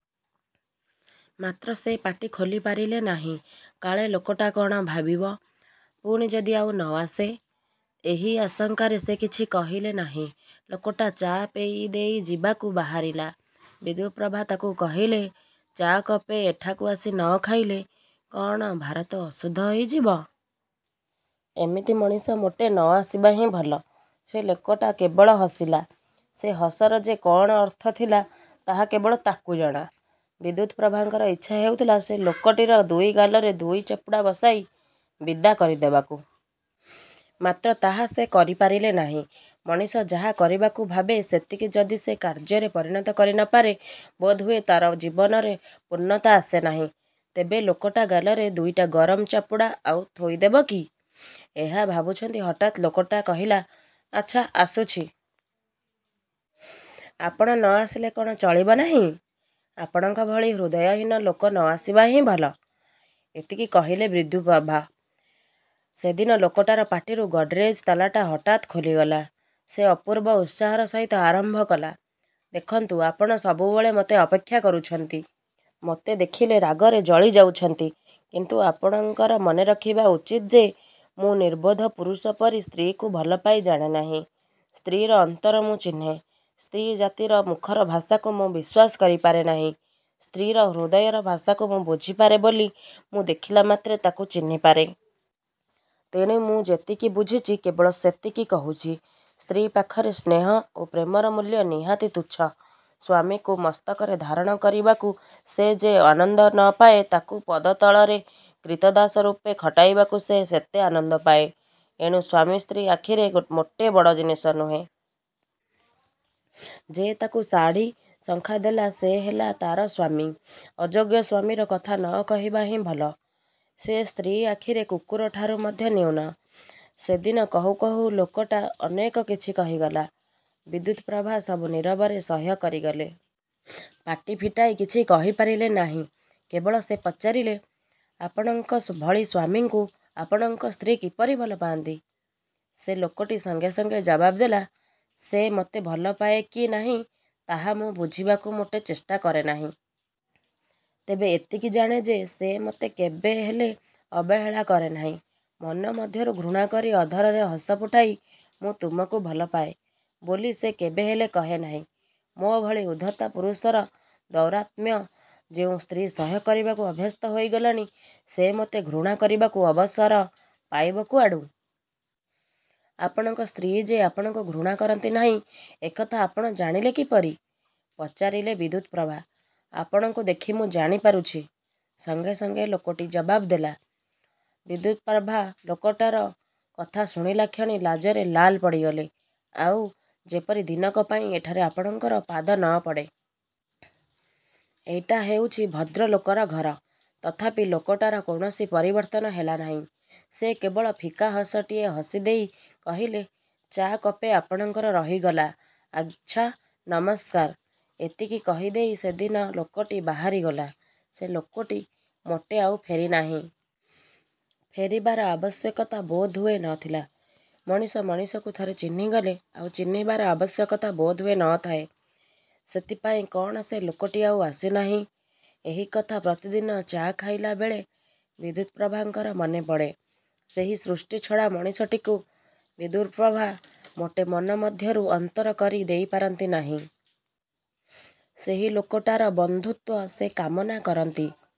ମାତ୍ର ସେ ପାଟି ଖୋଲି କହିପାରିଲେ ନାହିଁ। କାଳେ ଲୋକଟା କ'ଣ ଭାବିବ? ପୁଣି ଯଦି ଆଉ ନ ଆସେ? ଏହି ଆଶଙ୍କାରେ ସେ କିଛି କହିଲେ ନାହିଁ। ଲୋକଟା ଚା' ପିଇଦେଇ ଯିବାକୁ ବାହାରିଲା। ବିଦ୍ୟୁପ୍ରଭା ତାକୁ କହିଲେ, ''ଚା କପେ ଏଠାକୁ ଆସି ନ ଖାଇଲେ କ'ଣ ଭାରତ ଅଶୁଦ୍ଧ ହୋଇଯିବ? ଏମିତି ମଣିଷ ମୋଟେ ନ ଆସିବା ହିଁ ଭଲ। '' ସେ ଲୋକଟା କେବଳ ହସିଲା। ସେ ହସରେ ଯେ କ'ଣ ଅର୍ଥଥିଲା ତାହା କେବଳ ତାକୁ ଜଣା। ବିଦ୍ୟୁପ୍ରଭାଙ୍କର ଇଚ୍ଛା ହେଉଥିଲା ସେ ଲୋକଟିର ଦୁଇ ଗାଲରେ ଦୁଇ ଚାପୁଡ଼ା ବସାଇ ବିଦା କରିଦେବାକୁ। ମାତ୍ର ତାହା ସେ କରିପାରିଲେ ନାହିଁ। ମଣିଷ ଯାହା କରିବାକୁ ଭାବେ ସେତିକି ଯଦି ସେ କାର୍ଯ୍ୟରେ ପରିଣତ କରିନପାରେ ବୋଧହୁଏ ତା'ର ଜୀବନରେ ପୂର୍ଣ୍ଣତା ଆସେ ନାହିଁ। ତେବେ ଲୋକଟା ଗାଲରେ ଦୁଇଟା ଗରମ ଚାପୁଡ଼ା ଆଉ ଥୋଇଦେବ କି? ଏହା ଭାବୁଛନ୍ତି ହଠାତ୍ ଲୋକଟା କହିଲା ''ଆଚ୍ଛା ଆସୁଛି। '' ''ଆପଣ ନ ଆସିଲେ କ'ଣ ଚଳିବ ନାହିଁ? ଆପଣଙ୍କ ଭଳି ହୃଦୟହୀନ ଲୋକ ନ ଆସିବା ହିଁ ଭଲ। '' ଏତିକି କହିଲେ ବିଦ୍ୟୁପ୍ରଭା। ସେଦିନ ଲୋକଟାର ପାଟିରୁ ଗଡ଼ରେଜ୍ ତାଲାଟା ହଠାତ୍ ଖୋଲିଗଲା। ସେ ଅପୂର୍ବ ଉତ୍ସାହର ସହିତ ଆରମ୍ଭ କଲା, ''ଦେଖନ୍ତୁ ଆପଣ ସବୁବେଳେ ମୋତେ ଅପେକ୍ଷା କରୁଛନ୍ତି। ମୋତେ ଦେଖିଲେ ରାଗରେ ଜଳିଯାଉଛନ୍ତି। କିନ୍ତୁ ଆପଣଙ୍କର। ମନେରଖିବା ଉଚିତ ଯେ ମୁଁ ନିର୍ବୋଧ ପୁରୁଷ ପରି ସ୍ତ୍ରୀକୁ ଭଲପାଇ ଜାଣେନାହିଁ। ସ୍ତ୍ରୀର ଅନ୍ତର ମୁଁ ଚିହ୍ନେ। ସ୍ତ୍ରୀ ଜାତିର ମୁଖର ଭାଷାକୁ ମୁଁ ବିଶ୍ୱାସ କରିପାରେ ନାହିଁ। ସ୍ତ୍ରୀର ହୃଦୟର ଭାଷା ମୁଁ ବୁଝିପାରେ ବୋଲି ମୁଁ ଦେଖିଲା ମାତ୍ରେ ତାକୁ ଚିହ୍ନିପାରେ। ତେଣୁ ମୁଁ ଯେତିକି ବୁଝିଛି କେବଳ ସେତିକି କହୁଛି। ସ୍ତ୍ରୀ ପାଖରେ ସ୍ନେହ ଓ ପ୍ରେମର ମୂଲ୍ୟ ନିହାତି ତୁଚ୍ଛ। ସ୍ୱାମୀକୁ ମସ୍ତକରେ ଧାରଣ କରିବାକୁ ସେ ଯେତେ ଆନନ୍ଦ ନ ପାଏ ତାକୁ ପଦତଳରେ କ୍ରୀତଦାସରୂପେ ଖଟାଇବାକୁ ସେ ସେତେ ଆନନ୍ଦ ପାଏ। ଏଣୁ ସ୍ୱାମୀ ସ୍ତ୍ରୀ ଆଖିରେ ମୋଟେ ବଡ଼ ଜିନିଷ ନୁହେଁ। ଯେ ତାକୁ ଶାଢ଼ି, ଶଙ୍ଖା ଦେଲା ସେ ହେଲା ତା'ର ସ୍ୱାମୀ। ଅଯୋଗ୍ୟ ସ୍ୱାମୀର କଥା ନ କହିବା ହିଁ ଭଲ, ସେ ସ୍ତ୍ରୀ ଆଖିରେ କୁକୁରଠାରୁ ମଧ୍ୟ ନ୍ୟୁନ। '' ସେଦିନ କହୁଁ କହୁଁ ଲୋକଟା ଅନେକ କିଛି କହିଗଲା। ବିଦ୍ୟୁପ୍ରଭା ସବୁ ନିରବରେ ସହ୍ୟ କରିଗଲେ। ପାଟି ଫିଟାଇ କିଛି କହିପାରିଲେ ନାହିଁ। କେବଳ ସେ ପଚାରିଲେ, ''ଆପଣଙ୍କ ଭଳି ସ୍ୱାମୀଙ୍କୁ ଆପଣଙ୍କ ସ୍ତ୍ରୀ କିପରି ଭଲପାଆନ୍ତି? '' ସେ ଲୋକଟି ସଙ୍ଗେ ସଙ୍ଗେ ଜବାବ୍ ଦେଲା, ''ସେ ମୋତେ ଭଲପାଏ କି ନାହିଁ ତାହା ମୁଁ ବୁଝିବାକୁ ମୋଟେ ଚେଷ୍ଟା କରେନାହିଁ। ତେବେ ଏତିକି ଜାଣେ ଯେ ସେ ମୋତେ କେବେହେଲେ ଅବହେଳା କରେନାହିଁ। ମନ ମଧ୍ୟରେ ଘୃଣାକରି ଅଧରରେ ହସଫୁଟାଇ 'ମୁଁ ତୁମକୁ ଭଲପାଏ' ବୋଲି ସେ କେବେହେଲେ କହେନାହିଁ। ମୋ ଭଳି ଉଦ୍ଧତ ପୁରୁଷର ଦୌରାତ୍ମ୍ୟ ଯେଉଁ ସ୍ତ୍ରୀ ସହ୍ୟ କରିବାକୁ ଅଭ୍ୟସ୍ତ ହୋଇଗଲାଣି ସେ ମୋତେ ଘୃଣା କରିବାକୁ ଅବସର ପାଇବ କୁଆଡ଼ୁ-? '' ''ଆପଣଙ୍କ ସ୍ତ୍ରୀ ଯେ ଆପଣଙ୍କୁ ଘୃଣାକରନ୍ତି ନାହିଁ ଏକଥା ଆପଣ ଜାଣିଲେ କିପରି? '' ପଚାରିଲେ ବିଦ୍ୟୁପ୍ରଭା। ''ଆପଣଙ୍କୁ ଦେଖି ମୁଁ ଜାଣି ପାରୁଛି। '' ସଙ୍ଗେ ସଙ୍ଗେ ଲୋକଟି ଜବାବ୍ ଦେଲା। ବିଦ୍ୟୁପ୍ରଭା ଲୋକଟାର କଥା ଶୁଣିଲାକ୍ଷଣି ଲାଜରେ ଲାଲ ପଡ଼ିଗଲେ। ଆଉ ଯେପରି ଦିନକ ପାଇଁ ଏଠାରେ ଆପଣଙ୍କର ପାଦନପଡ଼େ। ଏଟା ହେଉଛି ଭଦ୍ରଲୋକର ଘର। '' ତଥାପି ଲୋକଟାର କୌଣସି ପରିବର୍ତ୍ତନ ହେଲାନାହିଁ। ସେ କେବଳ ଫିକା ହସଟିଏ ହସି ଦେଇ କହିଲେ, ''ଚା କପେ ଆପଣଙ୍କର ରହିଗଲା। ଆଚ୍ଛା ନମସ୍କାର। '' ଏତିକି କହିଦେଇ ସେଦିନ ଲୋକଟି ବାହାରିଗଲା। ସେ ଲୋକଟି ମୋଟେ ଆଉ ଫେରିନାହିଁ। ଫେରିବାର ଆବଶ୍ୟକତା ବୋଧହୁଏ ନ ଥିଲା। ମଣିଷ ମଣିଷକୁ ଥରେ ଚିହ୍ନିଗଲେ ଆଉ ଚିହ୍ନିବାର ଆବଶ୍ୟକତା ବୋଧହୁଏ ନଥାଏ। ସେଥିପାଇଁ କ'ଣ ସେ ଲୋକଟି ଆଉ ଆସୁନାହିଁ? ଏହି କଥା ପ୍ରତିଦିନ ଚା' ଖାଇଲାବେଳେ ବିଦ୍ୟୁପ୍ରଭାଙ୍କର ମନେପଡ଼େ। ସେହି ସୃଷ୍ଟିଛଡ଼ା ମଣିଷଟିକୁ ବିଦ୍ୟୁପ୍ରଭା ମୋଟେ ମନ ମଧ୍ୟରୁ ଅନ୍ତର କରି ଦେଇପାରନ୍ତି ନାହିଁ। ସେହି ଲୋକଟାର ବନ୍ଧୁତ୍ୱ ସେ କାମନା କରନ୍ତି।